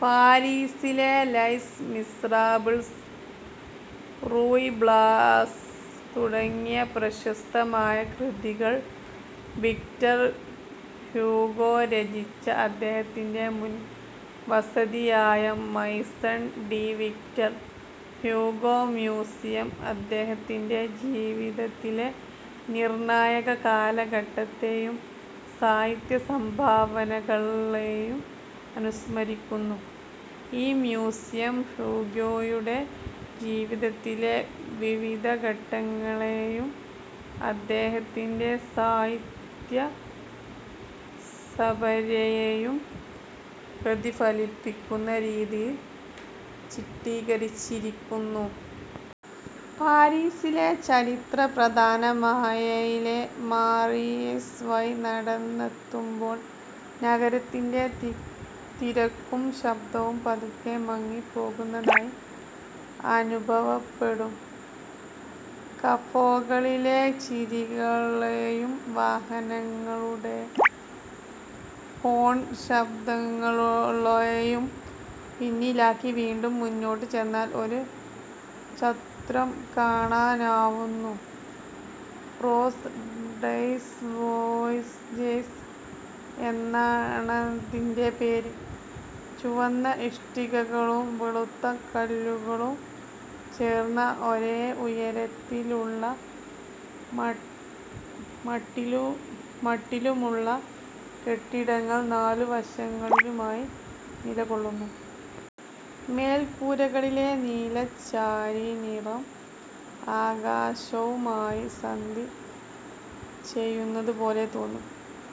പാരീസിലെ Les Miserables, Ruy Blas തുടങ്ങിയ പ്രശസ്തമായ കൃതികൾ വിക്ടർ ഹ്യൂഗോ രചിച്ച അദ്ദേഹത്തിന്റെ മുൻ വസതിയായ Maison de Victor Hugo museum, അദ്ദേഹത്തിന്റെ ജീവിതത്തിലെ നിർണായക കാലഘട്ടത്തെയും സാഹിത്യ സംഭാവനകളെയും അനുസ്മരിക്കുന്നു. ഈ മ്യൂസിയം ഹ്യൂഗോയുടെ ജീവിതത്തിലെ വിവിധ ഘട്ടങ്ങളെയും അദ്ദേഹത്തിന്റെ സാഹിത്യസപര്യയെയും പ്രതിഫലിപ്പിക്കുന്ന രീതിയിൽ ചിട്ടീകരിച്ചിരിക്കുന്നു. പാരീസിലെ ചരിത്രപ്രധാനമായ ലെ മറായിസ് വഴി നടന്നെത്തുമ്പോൾ, നഗരത്തിന്റെ തിരക്കും ശബ്ദവും പതുക്കെ മങ്ങിപ്പോകുന്നതായി അനുഭവപ്പെടും. കഫേകളിലെ ചിരികളേയും വാഹനങ്ങളുടെ ഹോൺ ശബ്ദങ്ങളേയും പിന്നിലാക്കി വീണ്ടും മുന്നോട്ടു ചെന്നാൽ ഒരു ചത്വരം കാണാനാവുന്നു. പ്ലേസ് ഡെസ് വോസ്ജെസ് എന്നാണതിന്റെ പേര്. ചുവന്ന ഇഷ്ടികകളും വെളുത്ത കല്ലുകളും ചേർന്ന, ഒരേ ഉയരത്തിലും മട്ടിലുമുള്ള കെട്ടിടങ്ങൾ നാലു വശങ്ങളിലുമായി നിലകൊള്ളുന്നു. മേൽക്കൂരകളിലെ നീലച്ചാര നിറം ആകാശവുമായി സന്ധി ചെയ്തതുപോലെ തോന്നും.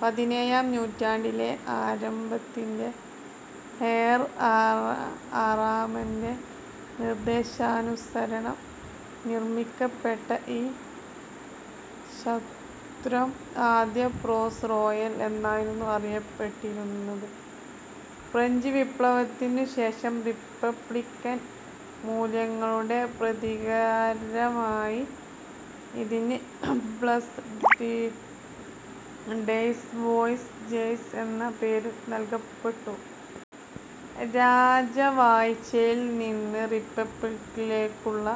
പതിനേഴാം നൂറ്റാണ്ടിന്റെ ആരംഭത്തിൽ ഹെൻറി ആറാമന്റെ നിർദ്ദേശാനുസരണം നിർമ്മിക്കപ്പെട്ട ഈ ചത്വരം ആദ്യം പ്ലേസ് റോയൽ എന്നായിരുന്നു അറിയപ്പെട്ടിരുന്നത്. ഫ്രഞ്ച് വിപ്ലവത്തിനു ശേഷം റിപ്പബ്ലിക്കൻ മൂല്യങ്ങളുടെ പ്രതീകമായി ഇതിന് പ്ലേസ് ഡെസ് വോസ്ജെസ് എന്ന പേര് നൽകപ്പെട്ടു. രാജവാഴ്ചയിൽ നിന്ന് റിപ്പബ്ലിക്കിലേക്കുള്ള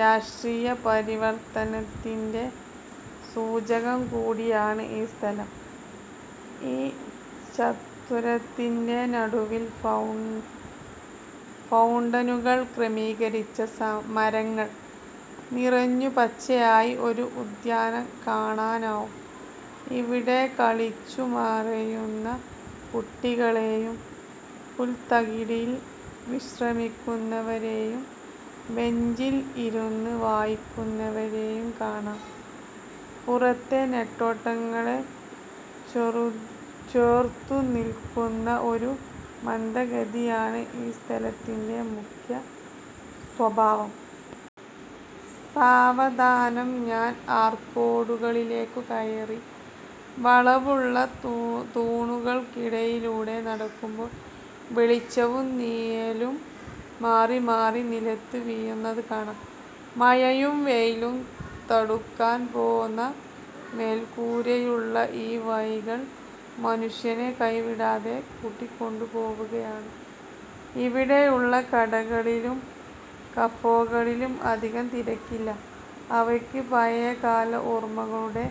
രാഷ്ട്രീയപരിവർത്തനത്തിന്റെ സൂചകം കൂടിയാണ് ഈ സ്ഥലം. ഈ ചത്വരത്തിന്റെ നടുവിൽ ഫൗണ്ടനുകൾ ക്രമീകരിച്ച, മരങ്ങൾ നിറഞ്ഞു പച്ചയായ ഒരു ഉദ്യാനം കാണാനാവും. ഇവിടെ കളിച്ചു മറിയുന്ന കുട്ടികളേയും, പുൽത്തകിടിയിൽ വിശ്രമിക്കുന്നവരേയും ബെഞ്ചിൽ ഇരുന്ന് വായിക്കുന്നവരേയും കാണാം. പുറത്തെ നെട്ടോട്ടങ്ങളെ ചെറുത്തുനിൽക്കുന്ന ഒരു മന്ദഗതിയാണ് ഈ സ്ഥലത്തിന്റെ മുഖ്യസ്വഭാവം. സാവധാനം ഞാൻ ആർക്കേഡുകളിലേക്ക് കയറി. വളവുള്ള തൂണുകൾക്കടിയിലൂടെ നടക്കുമ്പോൾ വെളിച്ചവും നിഴലും മാറിമാറി നിലത്ത് വീഴുന്നതു കാണാം. മഴയും വെയിലും തടുക്കാൻ പോന്ന മേൽക്കൂരയുള്ള ഈ വഴികൾ മനുഷ്യനെ കൈവിടാതെ കൂട്ടിക്കൊണ്ടു പോകുന്നവയാണ്. ഇവിടെയുള്ള കടകളിലും കഫേകളിലും അധികം തിരക്കില്ല. അവയ്ക്ക് പഴയകാല ഓർമകളുടെ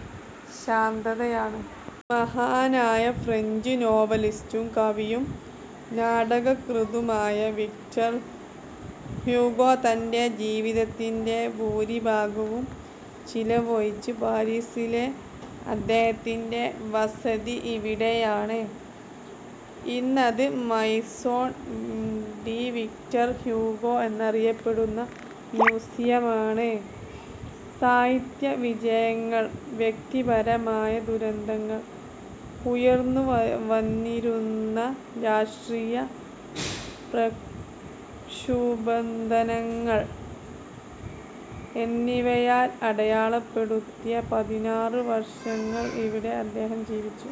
ശാന്തതയാണ്. മഹാനായ ഫ്രഞ്ച് നോവലിസ്റ്റും കവിയും നാടകകൃത്തുമായ വിക്ടർ ഹ്യൂഗോ തന്റെ ജീവിതത്തിന്റെ ഭൂരിഭാഗവും ചിലവഴിച്ച പാരീസിലെ അദ്ദേഹത്തിന്റെ വസതി ഇവിടെയാണ്. ഇന്നത് മൈസൺ ഡി വിക്ടർ ഹ്യൂഗോ എന്നറിയപ്പെടുന്ന മ്യൂസിയമാണ്. സാഹിത്യ വിജയങ്ങൾ, വ്യക്തിപരമായ ദുരന്തങ്ങൾ, ഉയർന്നുവന്നിരുന്ന രാഷ്ട്രീയ പ്രക്ഷുബ്ധതകൾ എന്നിവയാൽ അടയാളപ്പെടുത്തിയ പതിനാറ് വർഷങ്ങൾ ഇവിടെ അദ്ദേഹം ജീവിച്ചു.